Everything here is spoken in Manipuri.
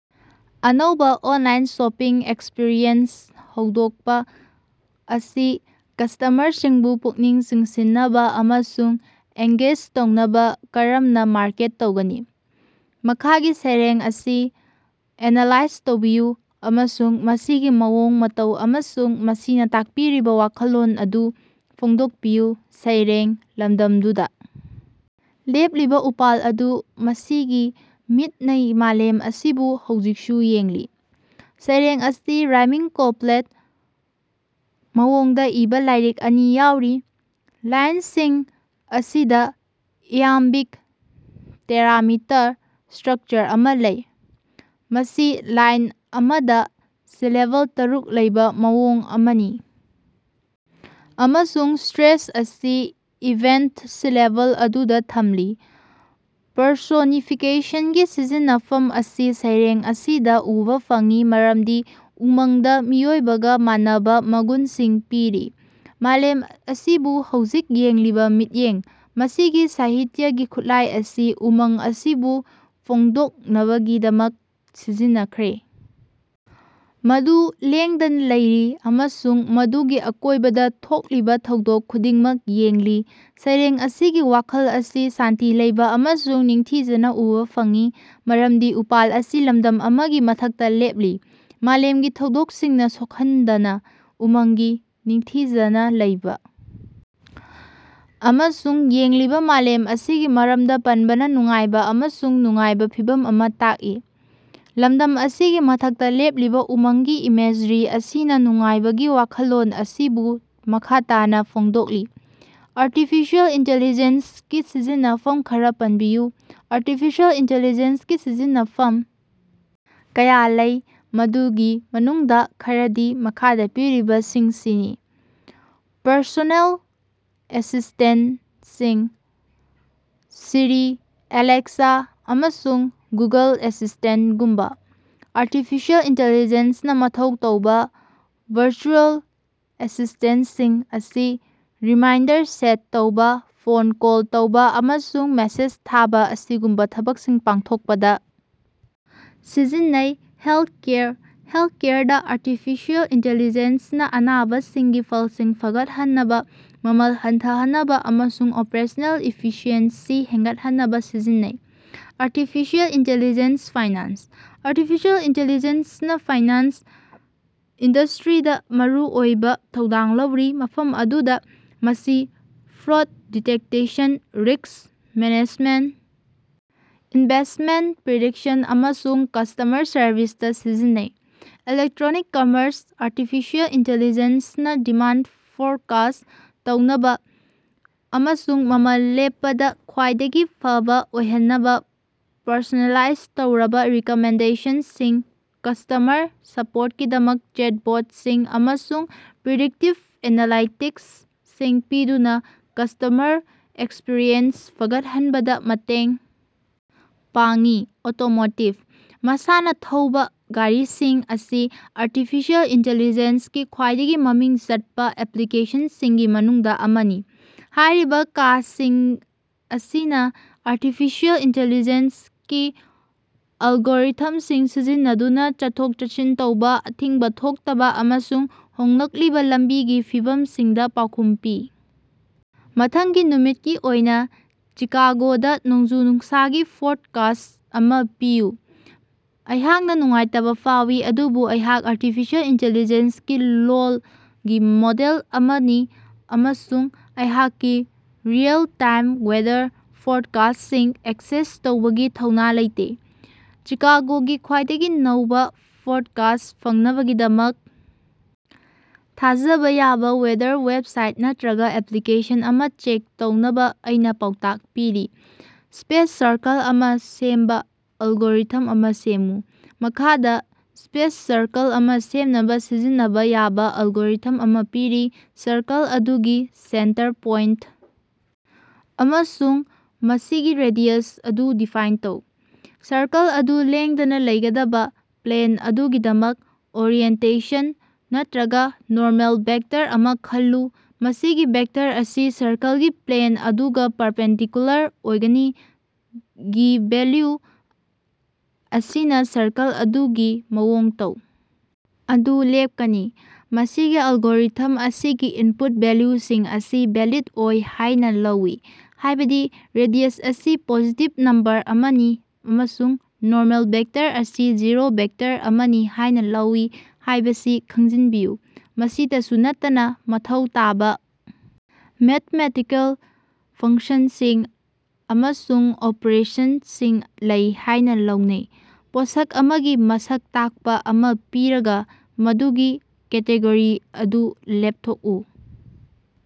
ꯑꯅꯧꯕ ꯑꯣꯠꯂꯥꯏꯟ ꯁꯣꯄꯤꯡ ꯑꯦꯛꯁꯄꯤꯔꯤꯑꯦꯟꯁ ꯍꯧꯗꯣꯛꯄ ꯑꯁꯤ ꯀꯁꯇꯃꯔꯁꯤꯡꯕꯨ ꯄꯨꯛꯅꯤꯡ ꯆꯤꯡꯁꯤꯟꯅꯕ ꯑꯃꯁꯨꯡ ꯑꯦꯡꯒꯦꯖ ꯇꯧꯅꯕ ꯀꯔꯝꯅ ꯃꯥꯔꯀꯦꯠ ꯇꯧꯒꯅꯤ? ꯃꯈꯥꯒꯤ ꯁꯩꯔꯦꯡ ꯑꯁꯤ ꯑꯦꯅꯥꯂꯥꯏꯖ ꯇꯧꯕꯤꯌꯨ ꯑꯃꯁꯨꯡ ꯃꯁꯤꯒꯤ ꯃꯑꯣꯡ ꯃꯇꯧ ꯑꯃꯁꯨꯡ ꯃꯁꯤꯅ ꯇꯥꯛꯄꯤꯔꯤꯕ ꯋꯥꯈꯜꯂꯣꯟ ꯑꯗꯨ ꯐꯣꯡꯗꯣꯛꯄꯤꯌꯨ ꯫ ꯁꯩꯔꯦꯡ: ꯂꯝꯗꯝꯗꯨꯗ ꯂꯦꯞꯂꯤꯕ ꯎꯄꯥꯜ ꯑꯗꯨ, ꯃꯁꯤꯒꯤ ꯃꯤꯠꯅ ꯃꯥꯂꯦꯝ ꯑꯁꯤꯕꯨ ꯍꯧꯖꯤꯛꯁꯨ ꯌꯦꯡꯂꯤ꯫ ꯁꯩꯔꯦꯡ ꯑꯁꯤ ꯔꯥꯏꯃꯤꯡ ꯀꯣꯄ꯭ꯂꯦꯠ ꯃꯑꯣꯡꯗ ꯏꯕ ꯂꯥꯏꯔꯤꯛ ꯑꯅꯤ ꯌꯥꯎꯔꯤ꯫ ꯂꯥꯏꯅꯁꯤꯡ ꯑꯁꯤꯗ ꯏꯌꯥꯝꯕꯤꯛ ꯇꯦꯠꯔꯥꯃꯤꯇꯔ ꯁ꯭ꯇꯔꯛꯆꯔ ꯑꯃ ꯂꯩ, ꯃꯁꯤ ꯂꯥꯏꯟ ꯑꯃꯗ ꯁꯤꯂꯦꯕꯜ ꯇꯔꯨꯛ ꯂꯩꯕ ꯃꯑꯣꯡ ꯑꯃꯅꯤ, ꯑꯃꯁꯨꯡ ꯁ꯭ꯇꯔꯦꯁ ꯑꯁꯤ ꯏꯚꯦꯟꯇ ꯁꯤꯂꯦꯕꯜ ꯑꯗꯨꯗ ꯊꯝꯂꯤ꯫ ꯄꯔꯁꯣꯅꯤꯐꯤꯀꯦꯁꯟꯒꯤ ꯁꯤꯖꯤꯟꯅꯐꯝ ꯑꯁꯤ ꯁꯩꯔꯦꯡ ꯑꯁꯤꯗ ꯎꯕ ꯐꯪꯏ ꯃꯔꯝꯗꯤ ꯎꯃꯪꯗ ꯃꯤꯑꯣꯏꯕꯒ ꯃꯥꯟꯅꯕ ꯃꯒꯨꯟꯁꯤꯡ ꯄꯤꯔꯤ- "ꯃꯥꯂꯦꯝ ꯑꯁꯤꯕꯨ ꯍꯧꯖꯤꯛ ꯌꯦꯡꯂꯤꯕ ꯃꯤꯠꯌꯦꯡ꯫" ꯃꯁꯤꯒꯤ ꯁꯥꯍꯤꯇ꯭ꯌꯒꯤ ꯈꯨꯠꯂꯥꯏ ꯑꯁꯤ ꯎꯃꯪ ꯑꯁꯤꯕꯨ ꯐꯣꯡꯗꯣꯛꯅꯕꯒꯤꯗꯃꯛ ꯁꯤꯖꯤꯟꯅꯈ꯭ꯔꯦ, ꯃꯗꯨ ꯂꯦꯡꯗꯅ ꯂꯩꯔꯤ ꯑꯃꯁꯨꯡ ꯃꯗꯨꯒꯤ ꯑꯀꯣꯏꯕꯗ ꯊꯣꯛꯂꯤꯕ ꯊꯧꯗꯣꯛ ꯈꯨꯗꯤꯡꯃꯛ ꯌꯦꯡꯂꯤ꯫ ꯁꯩꯔꯦꯡ ꯑꯁꯤꯒꯤ ꯋꯥꯈꯜ ꯑꯁꯤ ꯁꯥꯟꯇꯤ ꯂꯩꯕ ꯑꯃꯁꯨꯡ ꯅꯤꯡꯊꯤꯖꯅ ꯎꯕ ꯐꯪꯏ, ꯃꯔꯝꯗꯤ ꯎꯄꯥꯜ ꯑꯁꯤ ꯂꯝꯗꯝ ꯑꯃꯒꯤ ꯃꯊꯛꯇ ꯂꯦꯞꯂꯤ, ꯃꯥꯂꯦꯝꯒꯤ ꯊꯧꯗꯣꯛꯁꯤꯡꯅ ꯁꯣꯛꯍꯟꯗꯅ꯫ ꯎꯃꯪꯒꯤ ꯅꯤꯡꯊꯤꯖꯅ ꯂꯩꯕ ꯑꯃꯁꯨꯡ ꯌꯦꯡꯂꯤꯕ ꯃꯥꯂꯦꯝ ꯑꯁꯤꯒꯤ ꯃꯔꯝꯗ ꯄꯟꯕꯅ ꯅꯨꯡꯉꯥꯏꯕ ꯑꯃꯁꯨꯡ ꯅꯨꯡꯉꯥꯏꯕ ꯐꯤꯚꯝ ꯑꯃ ꯇꯥꯛꯏ꯫ ꯂꯝꯗꯝ ꯑꯁꯤꯒꯤ ꯃꯊꯛꯇ ꯂꯦꯞꯂꯤꯕ ꯎꯃꯪꯒꯤ ꯏꯃꯦꯖꯔꯤ ꯑꯁꯤꯅ ꯅꯨꯡꯉꯥꯏꯕꯒꯤ ꯋꯥꯈꯜꯂꯣꯟ ꯑꯁꯤꯕꯨ ꯃꯈꯥ ꯇꯥꯅ ꯐꯣꯡꯗꯣꯛꯂꯤ꯫ ꯑꯥꯔꯇꯤꯐꯤꯁꯤꯑꯦꯜ ꯏꯟꯇꯦꯂꯤꯖꯦꯟꯁꯀꯤ ꯁꯤꯖꯤꯟꯅꯐꯝ ꯈꯔ ꯄꯟꯕꯤꯌꯨ꯫ ꯑꯥꯔꯇꯤꯐꯤꯁꯤꯑꯦꯜ ꯏꯟꯇꯤꯂꯤꯖꯦꯟꯁꯀꯤ ꯁꯤꯖꯤꯟꯅꯐꯝ ꯀꯌꯥ ꯂꯩ, ꯃꯗꯨꯒꯤ ꯃꯅꯨꯡꯗ ꯈꯔꯗꯤ ꯃꯈꯥꯗ ꯄꯤꯔꯤꯕꯁꯤꯡꯁꯤꯅꯤ: ꯄꯔꯁꯣꯅꯦꯜ ꯑꯦꯁꯤꯁꯇꯦꯟꯇꯁꯤꯡ: ꯁꯤꯔꯤ, ꯑꯦꯂꯦꯛꯁꯥ ꯑꯃꯁꯨꯡ ꯒꯨꯒꯜ ꯑꯦꯁꯤꯁ꯭ꯇꯦꯟꯇꯒꯨꯝꯕ ꯑꯥꯔꯇꯤꯐꯤꯁꯤꯑꯦꯜ ꯏꯟꯇꯦꯂꯤꯖꯦꯟꯁꯅ ꯃꯊꯧ ꯇꯧꯕ ꯚꯔꯆꯨꯑꯦꯜ ꯑꯦꯁꯤꯁ꯭ꯇꯦꯟꯇꯁꯤꯡ ꯑꯁꯤ ꯔꯤꯃꯥꯏꯟꯗꯔ ꯁꯦꯠ ꯇꯧꯕ, ꯐꯣꯟ ꯀꯣꯜ ꯇꯧꯕ ꯑꯃꯁꯨꯡ ꯃꯦꯁꯦꯖ ꯊꯥꯕ ꯑꯁꯤꯒꯨꯝꯕ ꯊꯕꯛꯁꯤꯡ ꯄꯥꯡꯊꯣꯛꯄꯗ ꯁꯤꯖꯤꯟꯅꯩ꯫ ꯍꯦꯜꯊꯀꯦꯌꯔ: ꯍꯦꯜꯊꯀꯦꯌꯔꯗ ꯑꯥꯔꯇꯤꯐꯤꯁꯤꯑꯦꯜ ꯏꯟꯇꯦꯂꯤꯖꯦꯟꯁ ꯅ ꯑꯅꯥꯕꯁꯤꯡꯒꯤ ꯐꯜꯁꯤꯡ ꯐꯒꯠꯍꯟꯅꯕ, ꯃꯃꯜ ꯍꯟꯊꯍꯟꯅꯕ ꯑꯃꯁꯨꯡ ꯑꯣꯄꯔꯦꯁꯅꯦꯜ ꯏꯐꯤꯁꯤꯑꯦꯟꯁꯤ ꯍꯦꯟꯒꯠꯍꯟꯅꯕ ꯁꯤꯖꯤꯟꯅꯩ꯫ ꯑꯥꯔꯇꯤꯐꯤꯁꯤꯑꯦꯜ ꯏꯟꯇꯦꯂꯤꯖꯦꯟꯁ ꯐꯥꯏꯅꯥꯟꯁ: ꯑꯥꯔꯇꯤꯐꯤꯁꯤꯑꯦꯜ ꯏꯟꯇꯦꯂꯤꯖꯦꯟꯁꯅ ꯐꯥꯏꯅꯥꯟꯁ ꯏꯟꯗꯁꯇ꯭ꯔꯤꯗ ꯃꯔꯨꯑꯣꯏꯕ ꯊꯧꯗꯥꯡ ꯂꯧꯔꯤ, ꯃꯐꯝ ꯑꯗꯨꯗ ꯃꯁꯤ fraud detection, risk management, investment prediction ꯑꯃꯁꯨꯡ ꯀꯁꯇꯃꯔ ꯁꯔꯕꯤꯁꯇ ꯁꯤꯖꯤꯟꯅꯩ꯫ ꯏꯂꯦꯇꯔ꯭ꯣꯅꯤꯛ-ꯀꯝꯃꯔꯁ: ꯑꯥꯔꯇꯤꯐꯤꯁꯤꯑꯦꯜ ꯏꯟꯇꯦꯂꯤꯖꯦꯟꯁ ꯅ ꯗꯤꯃꯥꯟꯗ ꯐꯣꯔꯀꯥꯁ꯭ꯠ ꯇꯧꯅꯕ ꯑꯃꯁꯨꯡ ꯃꯃꯜ ꯂꯦꯞꯄꯗ ꯈ꯭ꯋꯥꯏꯗꯒꯤ ꯐꯕ ꯑꯣꯏꯍꯟꯅꯕ ꯄꯔꯁꯣꯅꯦꯂꯥꯏꯖ ꯇꯧꯔꯕ ꯔꯤꯀꯃꯦꯟꯗꯦꯁꯟꯁꯤꯡ, ꯀꯁꯇꯃꯔ ꯁꯄ꯭ꯣꯔꯠꯀꯤꯗꯃꯛ ꯆꯦꯠꯕꯣꯠꯁꯤꯡ ꯑꯃꯁꯨꯡ ꯄ꯭ꯔꯤꯗꯤꯛꯇꯤꯚ ꯑꯦꯅꯥꯂꯥꯏꯇꯤꯛꯁꯁꯤꯡ ꯄꯤꯗꯨꯅ ꯀꯁꯇꯃꯔ ꯑꯦꯛꯁꯄꯔꯤꯌꯦꯟꯁ ꯐꯒꯠꯍꯟꯕꯗ ꯃꯇꯦꯡ ꯄꯥꯡꯏ꯫ ꯑꯣꯇꯣꯃꯣꯇꯤꯚ: ꯃꯁꯥꯅ ꯊꯧꯕ ꯒꯥꯔꯤꯁꯤꯡ ꯑꯁꯤ ꯑꯥꯔꯇꯤꯐꯤꯁꯤꯑꯦꯜ ꯏꯟꯇꯦꯂꯤꯖꯦꯟꯁ ꯒꯤ ꯈ꯭ꯋꯥꯏꯗꯒꯤ ꯃꯃꯤꯡ ꯆꯠꯄ ꯑꯦꯄ꯭ꯂꯤꯀꯦꯁꯟꯁꯤꯡꯒꯤ ꯃꯅꯨꯡꯗ ꯑꯃꯅꯤ꯫ ꯍꯥꯏꯔꯤꯕ ꯀꯥꯁꯤꯡ ꯑꯁꯤꯅ ꯑꯥꯔꯇꯤꯐꯤꯁꯤꯑꯦꯜ ꯏꯟꯇꯦꯂꯤꯖꯦꯟꯁ ꯒꯤ ꯑꯦꯜꯒꯣꯔꯤꯊꯝꯁꯤꯡ ꯁꯤꯖꯤꯟꯅꯗꯨꯅ ꯆꯠꯊꯣꯛ-ꯆꯠꯁꯤꯟ ꯇꯧꯕ, ꯑꯊꯤꯡꯕ ꯊꯣꯛꯇꯕ ꯑꯃꯁꯨꯡ ꯍꯣꯡꯂꯛꯂꯤꯕ ꯂꯝꯕꯤꯒꯤ ꯐꯤꯕꯝꯁꯤꯡꯗ ꯄꯥꯎꯈꯨꯝ ꯄꯤ꯫ ꯃꯊꯪꯒꯤ ꯅꯨꯃꯤꯠꯀꯤ ꯑꯣꯏꯅ ꯆꯤꯀꯥꯒꯣꯗ ꯅꯣꯡꯖꯨ-ꯅꯨꯡꯁꯥꯒꯤ ꯐꯣꯔꯀꯥꯁ꯭ꯠ ꯑꯃ ꯄꯤꯌꯨ꯫ ꯑꯩꯍꯥꯛꯅ ꯅꯨꯡꯉꯥꯏꯇꯕ ꯐꯥꯎꯏ, ꯑꯗꯨꯕꯨ ꯑꯩꯍꯥꯛ ꯑꯥꯔꯇꯤꯐꯤꯁꯤꯑꯦꯜ ꯏꯟꯇꯦꯂꯤꯖꯦꯟꯁ ꯒꯤ ꯂꯣꯜꯒꯤ ꯃꯣꯗꯦꯜ ꯑꯃꯅꯤ ꯑꯃꯁꯨꯡ ꯑꯩꯍꯥꯛꯀꯤ ꯔꯤꯑꯦꯜ-ꯇꯥꯏꯝ ꯋꯦꯗꯔ ꯐꯣꯔꯀꯥꯁ꯭ꯠꯁꯤꯡ ꯑꯦꯛꯁꯦꯁ ꯇꯧꯕꯒꯤ ꯊꯧꯅꯥ ꯂꯩꯇꯦ꯫ ꯆꯤꯀꯥꯒꯣꯒꯤ ꯈ꯭ꯋꯥꯏꯗꯒꯤ ꯅꯧꯕ ꯐꯣꯔꯀꯥꯁ꯭ꯠ ꯐꯪꯅꯕꯒꯤꯗꯃꯛ ꯊꯥꯖꯕ ꯌꯥꯕ ꯋꯦꯗꯔ ꯋꯦꯕꯁꯥꯏꯠ ꯅꯠꯇ꯭ꯔꯒ ꯑꯦꯄ꯭ꯂꯤꯀꯦꯁꯟ ꯑꯃ ꯆꯦꯛ ꯇꯧꯅꯕ ꯑꯩꯅ ꯄꯥꯎꯇꯥꯛ ꯄꯤꯔꯤ꯫ ꯁ꯭ꯄꯦꯁꯇ ꯁꯔꯀꯜ ꯑꯃ ꯁꯦꯝꯕ ꯑꯦꯜꯒꯣꯔꯤꯊꯝ ꯑꯃ ꯁꯦꯝꯃꯨ꯫ ꯃꯈꯥꯗ ꯁ꯭ꯄꯦꯁꯇ ꯁꯔꯀꯜ ꯑꯃ ꯁꯦꯝꯅꯕ ꯁꯤꯖꯤꯟꯅꯕ ꯌꯥꯕ ꯑꯦꯜꯒꯣꯔꯤꯊꯝ ꯑꯃ ꯄꯤꯔꯤ: ꯁꯔꯀꯜ ꯑꯗꯨꯒꯤ ꯁꯦꯟꯇꯔ ꯄꯣꯏꯟꯇ ꯑꯃꯁꯨꯡ ꯃꯁꯤꯒꯤ ꯔꯦꯗꯤꯌꯁ ꯑꯗꯨ ꯗꯤꯐꯥꯏꯟ ꯇꯧ꯫ ꯁꯔꯀꯜ ꯑꯗꯨ ꯂꯦꯡꯗꯅ ꯂꯩꯒꯗꯕ ꯄ꯭ꯂꯦꯟ ꯑꯗꯨꯒꯤꯗꯃꯛ ꯑꯣꯔꯤꯑꯦꯟꯇꯦꯁꯟ ꯅꯠꯇ꯭ꯔꯒ ꯅꯣꯔꯃꯦꯜ ꯚꯦꯛꯇꯔ ꯑꯃ ꯈꯜꯂꯨ꯫ ꯃꯁꯤꯒꯤ ꯚꯦꯛꯇꯔ ꯑꯁꯤ ꯁꯔꯀꯜꯒꯤ ꯄ꯭ꯂꯦꯟ ꯑꯗꯨꯒ ꯄꯥꯔꯄꯦꯟꯗꯤꯀꯨꯂꯔ ꯑꯣꯏꯒꯅꯤ꯫ ꯒꯤ ꯚꯦꯜꯌꯨ ꯑꯁꯤꯅ ꯁꯔꯀꯜ ꯑꯗꯨꯒꯤ ꯃꯑꯣꯡ ꯃꯇꯧ ꯑꯗꯨ ꯂꯦꯞꯀꯅꯤ꯫ ꯃꯁꯤꯒꯤ ꯑꯦꯜꯒꯣꯔꯤꯊꯝ ꯑꯁꯤꯅ ꯏꯟꯄꯨꯠ ꯚꯦꯜꯌꯨꯁꯤꯡ ꯑꯁꯤ ꯚꯦꯂꯤꯗ ꯑꯣꯏ ꯍꯥꯏꯅ ꯂꯧꯏ, ꯍꯥꯏꯕꯗꯤ ꯔꯦꯗꯤꯌꯁ ꯑꯁꯤ ꯄꯣꯖꯤꯇꯤꯚ ꯅꯝꯕꯔ ꯑꯃꯅꯤ ꯑꯃꯁꯨꯡ ꯅꯣꯔꯃꯦꯜ ꯚꯦꯛꯇꯔ ꯑꯁꯤ ꯖꯤꯔꯣ ꯚꯦꯛꯇꯔ ꯑꯃꯅꯤ ꯍꯥꯏꯅ ꯂꯧꯏ ꯍꯥꯏꯕꯁꯤ ꯈꯪꯖꯤꯟꯕꯤꯌꯨ꯫ ꯃꯁꯤꯗꯁꯨ ꯅꯠꯇꯅ ꯃꯊꯧ ꯇꯥꯕ ꯃꯦꯊꯃꯦꯇꯤꯀꯦꯜ ꯐꯪꯁꯟꯁꯤꯡ ꯑꯃꯁꯨꯡ ꯑꯣꯄꯔꯦꯁꯟꯁꯤꯡ ꯂꯩ ꯍꯥꯏꯅ ꯂꯧꯅꯩ꯫ ꯄꯣꯠꯊꯣꯛ ꯑꯃꯒꯤ ꯃꯁꯛ ꯇꯥꯛꯄ ꯑꯃ ꯄꯤꯔꯒ ꯃꯗꯨꯒꯤ ꯀꯦꯇꯦꯒꯣꯔꯤ ꯑꯗꯨ ꯂꯦꯞꯊꯣꯛꯎ꯫